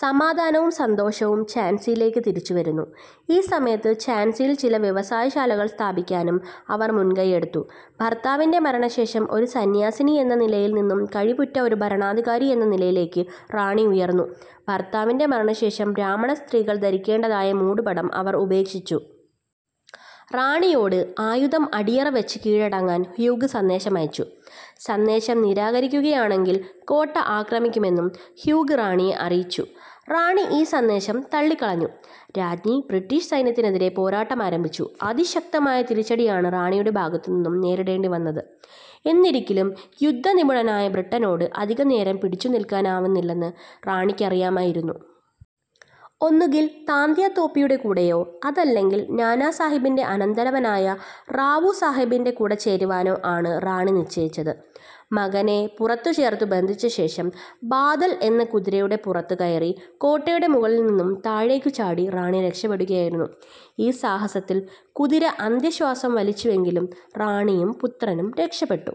സമാധാനവും സന്തോഷവും ഝാൻസിയിലേക്കു തിരിച്ചുവന്നു. ഈ സമയത്ത് ഝാൻസിയിൽ ചില വ്യവസായശാലകൾ സ്ഥാപിക്കാനും അവർ മുൻകൈയ്യെടുത്തു. ഭർത്താവിന്റെ മരണശേഷം ഒരു സന്യാസിനി എന്ന നിലയിൽ നിന്നും കഴിവുറ്റ ഒരു ഭരണാധികാരി എന്ന നിലയിലേക്ക് റാണി ഉയർന്നു. ഭർത്താവിന്റെ മരണശേഷം ബ്രാഹ്മണസ്ത്രീകൾ ധരിക്കേണ്ടതായ മൂടുപടം അവർ ഉപേക്ഷിച്ചു. റാണിയോട് ആയുധം അടിയറവെച്ച് കീഴടങ്ങാൻ ഹ്യൂഗ് സന്ദേശമയച്ചു. സന്ദേശം നിരാകരിക്കുകയാണെങ്കിൽ കോട്ട ആക്രമിക്കുമെന്നും ഹ്യൂഗ് റാണിയെ അറിയിച്ചു. റാണി ഈ സന്ദേശം തള്ളിക്കളഞ്ഞു. രാജ്ഞി ബ്രിട്ടീഷ് സൈന്യത്തിനെതിരെ പോരാട്ടമാരംഭിച്ചു. അതിശക്തമായ തിരിച്ചടിയാണ് റാണിയുടെ ഭാഗത്തു നിന്നും നേരിടേണ്ടി വന്നത്. എന്നിരിക്കിലും യുദ്ധനിപുണരായ ബ്രിട്ടനോട് അധികനേരം പിടിച്ചു നിൽക്കാനാവില്ലെന്ന് റാണിക്ക് അറിയാമായിരുന്നു. ഒന്നുകിൽ താന്തിയോ തോപ്പിയുടെ കൂടെയോ അതല്ലെങ്കിൽ നാനാ സാഹേബിന്റെ അനന്തരവനായ റാവു സാഹേബിന്റെ കൂടെ ചേരുവാനോ ആണ് റാണി നിശ്ചയിച്ചത്. മകനെ പുറത്തുചേർത്തു ബന്ധിച്ചശേഷം ബാദൽ എന്ന കുതിരയുടെ പുറത്തു കയറി കോട്ടയുടെ മുകളിൽ നിന്നും താഴേക്കു ചാടി റാണി രക്ഷപ്പെടുകയായിരുന്നു. ഈ സാഹസത്തിൽ കുതിര അന്ത്യശ്വാസം വലിച്ചുവെങ്കിലും റാണിയും, പുത്രനും രക്ഷപ്പെട്ടു.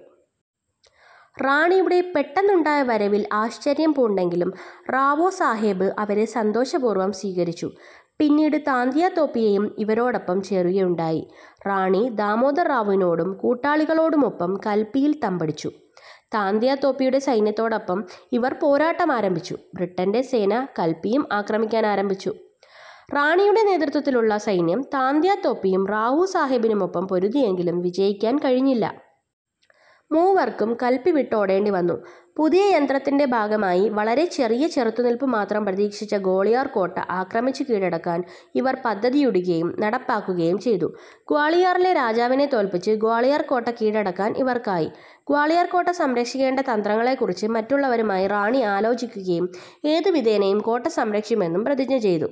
റാണിയുടെ പെട്ടെന്നുണ്ടായ വരവിൽ ആശ്ചര്യം പൂണ്ടെങ്കിലും റാവോ സാഹേബ് അവരെ സന്തോഷപൂർവ്വം സ്വീകരിച്ചു. പിന്നീട് താന്തിയോ തോപ്പേയും ഇവരോടൊപ്പം ചേരുകയുണ്ടായി. റാണി ദാമോദർ റാവുവിനോടും കൂട്ടാളികളോടുമൊപ്പം കല്പിയിൽ തമ്പടിച്ചു. താന്തിയാതോപ്പിയുടെ സൈന്യത്തോടൊപ്പം ഇവർ പോരാട്ടമാരംഭിച്ചു. ബ്രിട്ടന്റെ സേന കല്പിയും ആക്രമിക്കാൻ ആരംഭിച്ചു. റാണിയുടെ നേതൃത്വത്തിലുള്ള സൈന്യം, താന്തിയോ തോപ്പിയും, റാവു സാഹേബിനുമൊപ്പം പൊരുതിയെങ്കിലും വിജയിക്കാൻ കഴിഞ്ഞില്ല. മൂവർക്കും കല്പി വിട്ടോടേണ്ടി വന്നു. പുതിയ തന്ത്രത്തിന്റെ ഭാഗമായി വളരെ ചെറിയ ചെറുത്തുനിൽപ്പു മാത്രം പ്രതീക്ഷിച്ച ഗ്വാളിയോർ കോട്ട ആക്രമിച്ചു കീഴടക്കാൻ ഇവർ പദ്ധതിയിടുകയും നടപ്പാക്കുകയും ചെയ്തു. ഗ്വാളിയറിലെ രാജാവിനെ തോല്പിച്ച് ഗ്വാളിയർ കോട്ട കീഴടക്കാൻ ഇവർക്കായി. ഗ്വാളിയോർ കോട്ട സംരക്ഷിക്കേണ്ട തന്ത്രങ്ങളെക്കുറിച്ച് മറ്റുള്ളവരുമായി റാണി ആലോചിക്കുകയും ഏതു വിധേനേയും കോട്ട സംരക്ഷിക്കുമെന്ന് പ്രതിജ്ഞ ചെയ്തു.